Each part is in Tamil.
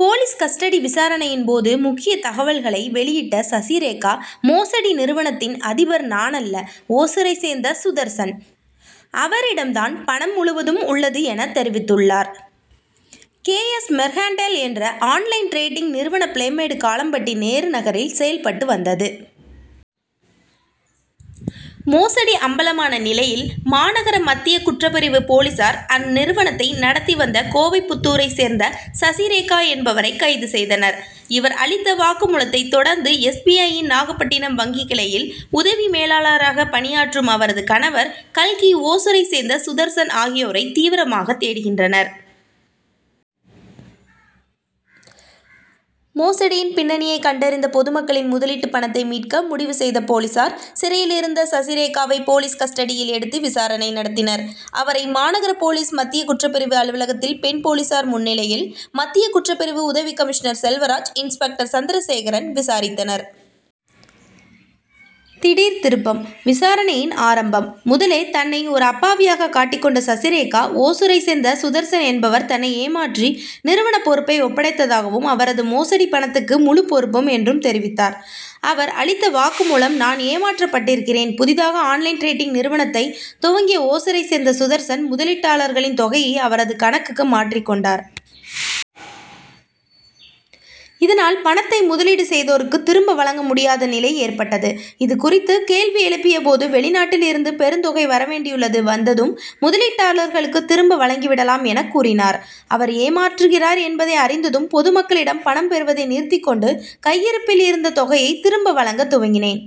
போலீஸ் கஸ்டடி விசாரணையின் போது முக்கிய தகவல்களை வெளியிட்ட சசிரேகா மோசடி நிறுவனத்தின் அதிபர் நானல்ல ஓசூரைச் சேர்ந்த சுதர்சன். அவரிடம் தான் பணம் முழுவதும் உள்ளது என தெரிவித்துள்ளார். கே. எஸ். மெர்கன்டைல் என்ற ஆன்-லைன் டிரேடிங் நிறுவனம் பீளமேடு காளப்பட்டி நேரு நகரில் செயல்பட்டு வந்தது. மோசடி அம்பலமான நிலையில் மாநகர மத்திய குற்றப்பிரிவு போலீசார் அந்நிறுவனத்தை நடத்தி வந்த கோவைப்புதூரைச் சேர்ந்த சசிரேகா என்பவரை கைது செய்தனர். இவர் அளித்த வாக்குமூலத்தை தொடர்ந்து எஸ். பி. ஐ.யின் நாகபட்டினம் வங்கி கிளையில் உதவி மேலாளராக பணியாற்றும் அவரது கணவர் கல்கி ஓசூரைச் சேர்ந்த சுதர்சன் ஆகியோரை தீவிரமாக தேடுகின்றனர். மோசடியின் பின்னணியை கண்டறிந்து பொதுமக்களின் முதலீட்டு பணத்தை மீட்க முடிவு செய்த போலீசார் சிறையிலிருந்த சசிரேகாவை போலீஸ் கஸ்டடியில் எடுத்து விசாரணை நடத்தினர். அவரை மாநகர போலீஸ் மத்திய குற்றப்பிரிவு அலுவலகத்தில் பெண் போலீசார் முன்னிலையில் மத்திய குற்றப்பிரிவு உதவிக்கமிஷனர் செல்வராஜ் இன்ஸ்பெக்டர் சந்திரசேகரன் விசாரித்தனர். திடீர் திருப்பம் விசாரணையின் ஆரம்பம் முதலே தன்னை ஓர் அப்பாவியாக காட்டிக் கொண்ட சசிரேகா ஓசூரைச் சேர்ந்த சுதர்சன் என்பவர் தன்னை ஏமாற்றி நிறுவன பொறுப்பை ஒப்படைத்ததாகவும் அவரே மோசடி பணத்துக்கு முழுப் பொறுப்பு என்றும் தெரிவித்தார். அவர் அளித்த வாக்குமூலம் நான் ஏமாற்றப்பட்டிருக்கிறேன். புதிதாக ஆன்-லைன் டிரேடிங் நிறுவனத்தை துவக்கிய ஒசூரைச் சேர்ந்த சுதர்சன் முதலீட்டாளர்களின் தொகையை அவரது கணக்குக்கு மாற்றிக் கொண்டார். இதனால் பணத்தை முதலீடு செய்தோருக்கு திரும்ப வழங்க முடியாத நிலை ஏற்பட்டது. இது குறித்து கேள்வி எழுப்பியபோது வெளிநாட்டில் இருந்து பெருந்தொகை வரவேண்டியுள்ளது வந்ததும் முதலீட்டாளர்களுக்கு திரும்ப வழங்கி விடலாம் எனக் கூறினார். அவர் ஏமாற்றுகிறார் என்பதை அறிந்ததும் பொதுமக்களிடம் பணம் பெறுவதை நிறுத்திக்கொண்டு கையிருப்பில் இருந்த தொகையை திரும்ப வழங்க துவங்கினேன்.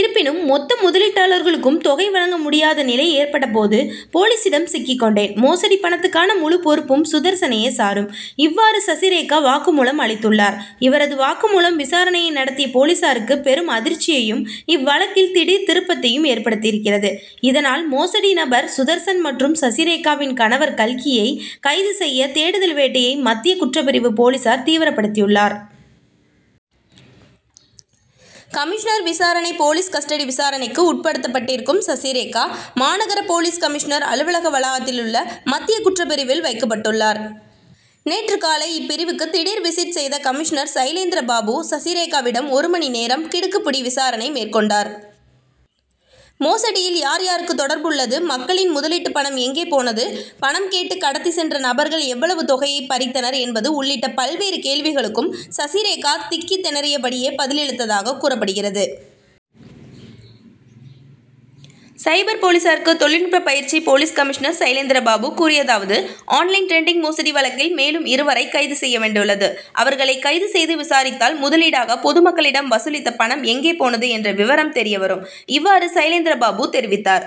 இருப்பினும் மொத்த முதலீட்டாளர்களுக்கும் தொகை வழங்க முடியாத நிலை ஏற்பட்ட போது போலீசிடம் சிக்கிக்கொண்டேன். மோசடி பணத்துக்கான முழு பொறுப்பும் சுதர்சனையே சாரும். இவ்வாறு சசிரேகா வாக்குமூலம் அளித்துள்ளார். இவரது வாக்குமூலம் விசாரணை நடத்திய போலீசாருக்கு பெரும் அதிர்ச்சியையும் இவ்வழக்கில் திடீர் திருப்பத்தையும் ஏற்படுத்தியிருக்கிறது. இதனால் மோசடி நபர் சுதர்சன் மற்றும் சசிரேகாவின் கணவர் கல்கியை கைது செய்ய தேடுதல் வேட்டையை மத்திய குற்றப்பிரிவு போலீசார் தீவிரப்படுத்தியுள்ளனர். கமிஷனர் விசாரணை போலீஸ் கஸ்டடி விசாரணைக்கு உட்படுத்தப் பட்டிருக்கும் சசிரேகா மாநகர போலீஸ் கமிஷனர் அலுவலக வளாகத்திலுள்ள மத்திய குற்றப்பிரிவில் வைக்கப்பட்டுள்ளார். நேற்று காலை இப்பிரிவுக்கு திடீர் விசிட் செய்த கமிஷனர் சைலேந்திரபாபு சசிரேகாவிடம் ஒரு மணி நேரம் கிடுக்கிப்பிடி விசாரணை மேற்கொண்டார். மோசடியில் யார் யாருக்கு தொடர்பு உள்ளது மக்களின் முதலீட்டு பணம் எங்கே போனது பணம் கேட்டு கடத்திச்சென்ற நபர்கள் எவ்வளவு தொகையை பறித்தனர் என்பது உள்ளிட்ட பல்வேறு கேள்விகளுக்கும் சசிரேகா திக்கித் திணறியபடியே பதிலளித்தாக கூறப்படுகிறது. சைபர் போலீசாருக்கு தொழில்நுட்ப பயிற்சி போலீஸ் கமிஷனர் சைலேந்திரபாபு கூறியதாவது ஆன்-லைன் டிரேடிங் மோசடி வழக்கில் மேலும் இருவரை கைது செய்ய வேண்டியுள்ளது. அவர்களை கைது செய்து விசாரித்தால் முதலீடாக பொதுமக்களிடம் வசூலித்த பணம் எங்கே போனது என்ற விவரம் தெரியவரும். இவ்வாறு சைலேந்திரபாபு தெரிவித்தார்.